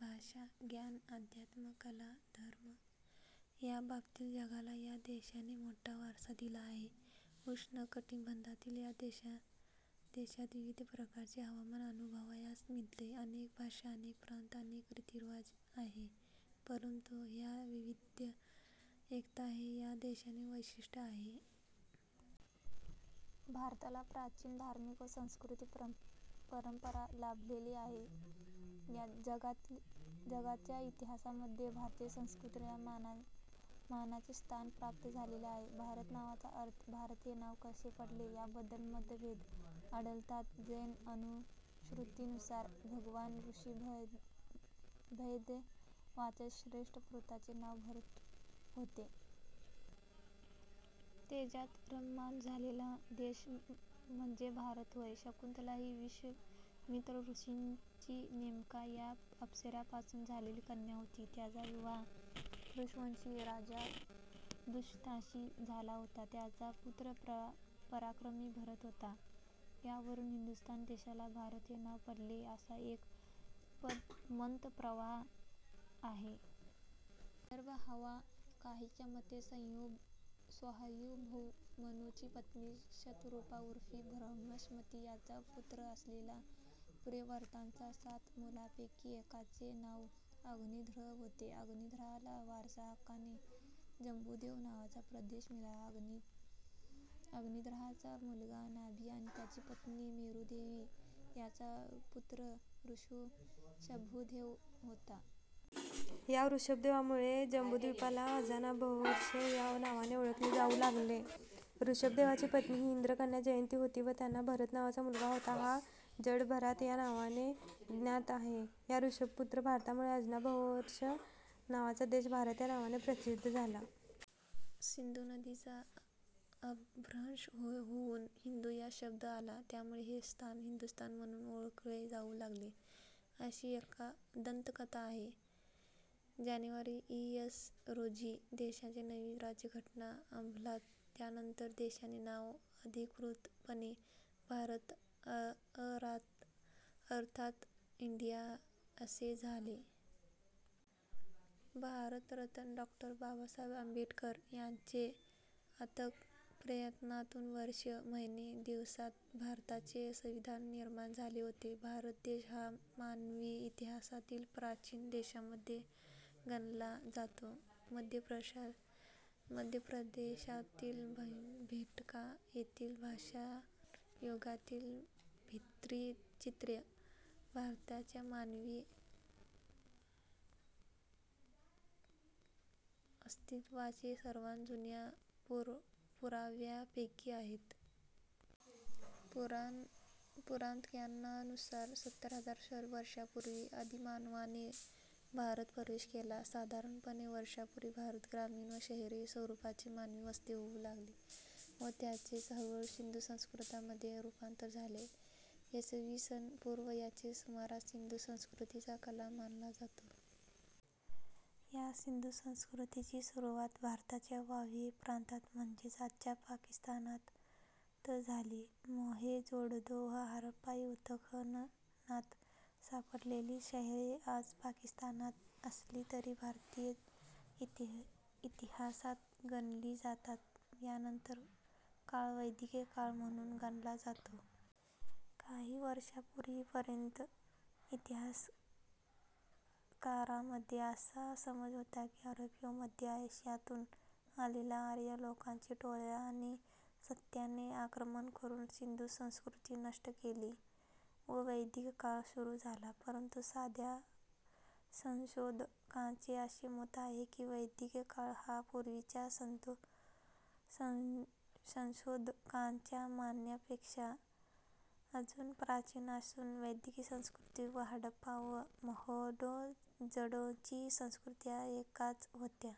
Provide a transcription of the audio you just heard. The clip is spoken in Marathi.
भाषा, ज्ञान, अध्यात्म, कला, धर्म या बाबतीत जगाला या देशाने मोठा वारसा दिला आहे. उष्ण कटिबंधातील ह्या देशात विविध प्रकारचे हवामान अनुभवायास मिळते. अनेक भाषा, अनेक प्रांत, अनेक रितीरिवाज आहे परंतु या विविधतेत एकता हे या देशाचे वैशिष्ट्य आहे. भारताला प्राचीन धार्मिक व सांस्कृतिक परंपरा लाभलेली आहे जगाच्या इतिहासामध्ये भारतीय संस्कृतीला मानाचे स्थान प्राप्त झालेले आहे. ' भारत नावाचा अर्थ ' भारत हे नाव कसे पडले याबद्धल मतभेद आढळतात. जैन अनुश्रुतिनुसार भगवान ॠषभदेवाच्या ज्येष्ठ पुत्राचे नाव भरत होते. तेजात रममाण झालेला देश म्हणजे भारत होय. शकुंतला ही विश्वामित्र ऋषींची मेनका या अप्सरेपासून झालेली कन्या होती. तिचा विवाह पुरुवंशीय राजा दुष्यंताशी झाला होता. त्यांचा पुत्र पराक्रमी भरत होता. यावरून हिंदुस्थान देशाला भारत हे नाव पडले असा एक मतप्रवाह आहे. संदर्भ हवा काहीच्या मते स्वायंभुव मनूची पत्नी शतरूपा ऊर्फ बार्हिष्मती यांचा पुत्र असलेल्या प्रियव्रताच्या सात मुलांपैकी एकाचे नांव अग्निध्र होते. अग्निध्राला वारसाहक्काने जंबूद्वीप नावाचा प्रदेश मिळाला. अग्निध्राचा मुलगा नाभि आणि त्याची पत्नी मेरुदेवी यांचा पुत्र ऋषभदेव होता. या ऋषभदेवामुळे जंबूद्वीपाला अजनाभवर्ष या नावाने ओळखले जाऊ लागले. ऋषभदेवाची पत्नी ही इंद्रकन्या जयंती होती व त्यांना भरत नावाचा मुलगा होता. हा जडभरत या नावाने ज्ञात आहे. त्या ऋषभपुत्र भरतामुळे अजनाभवर्ष नावाचा देश भारत या नावाने प्रसिद्ध झाला. सिंधू नदीचा अपभ्रंश होऊन हिंदू हा शब्द आला. त्यामुळे हे स्थान हिंदुस्थान म्हणून ओळखले जाऊ लागले. अशी दंतकथा आहे. जानेवारी, इ. स. रोजी देशाची नवी राज्यघटना अंमलात आल्यानंतर देशाचे नाव अधिकृतपणे 'भारत' अर्थात इंडिया असे झाले. भारतरत्न डॉ. बाबासाहेब आंबेडकर यांच्या अथक प्रयत्नातून वर्षे महिने दिवसात भारताचे संविधान निर्माण झाले होते. भारत देश हा मानवी इतिहासातील प्राचीन देशांमध्ये गणला जातो. मध्यप्रदेशातील भीमबेटका येथील पाषाणयुगातील भित्तीचित्रे भारताच्या मानवी अस्तित्त्वाचे सर्वांत जुन्या पुराव्यांपैकी आहेत. पुराणतज्ञांनुसार, सत्तर हजार वर्षांपूर्वी आदिमानवाने भारतात प्रवेश केला. साधारणपणे वर्षांपूर्वी भारतात ग्रामीण व शहरी स्वरूपांची मानवी वस्ती होऊ लागली व त्याचेच हळूहळू सिंधू संस्कृतीमध्ये. रूपांतर झाले. इसवीसन पूर्व च्या सुमारास सिंधू संस्कृतीचा काल मानला जातो. या सिंधू संस्कृतीची सुरुवात भारताच्या वायव्य प्रांतात म्हणजेच आजच्या पाकिस्ताना त झाली. मोहेंजोदडो व हरप्पा ही उत्खननात सापडलेली शहरे आज पाकिस्तानात असली तरी भारतीय इतिहासातच गणली जातात. यानंतरचा काळ वैदिक काळ म्हणून गणला जातो. काही वर्षांपूर्वीपर्यंत इतिहासकारांमध्ये असा समज होता की युरोप व मध्य अशियातून आलेल्या आर्य लोकांच्या टोळ्यांनी सातत्याने आक्रमणे करून सिंधू संस्कृती नष्ट केली व वैदिक काळ सूरू झाला. परंतु सध्या संशोधकांचे असे मत आहे की वैदिक काळ हा पूर्वीच्या संशोधकांच्या मान्यतेपेक्षा अजून प्राचीन असून वैदिक संस्कृती व हडाप्पा व मोहोंदोजडोची संस्कृती या एकच होत्या.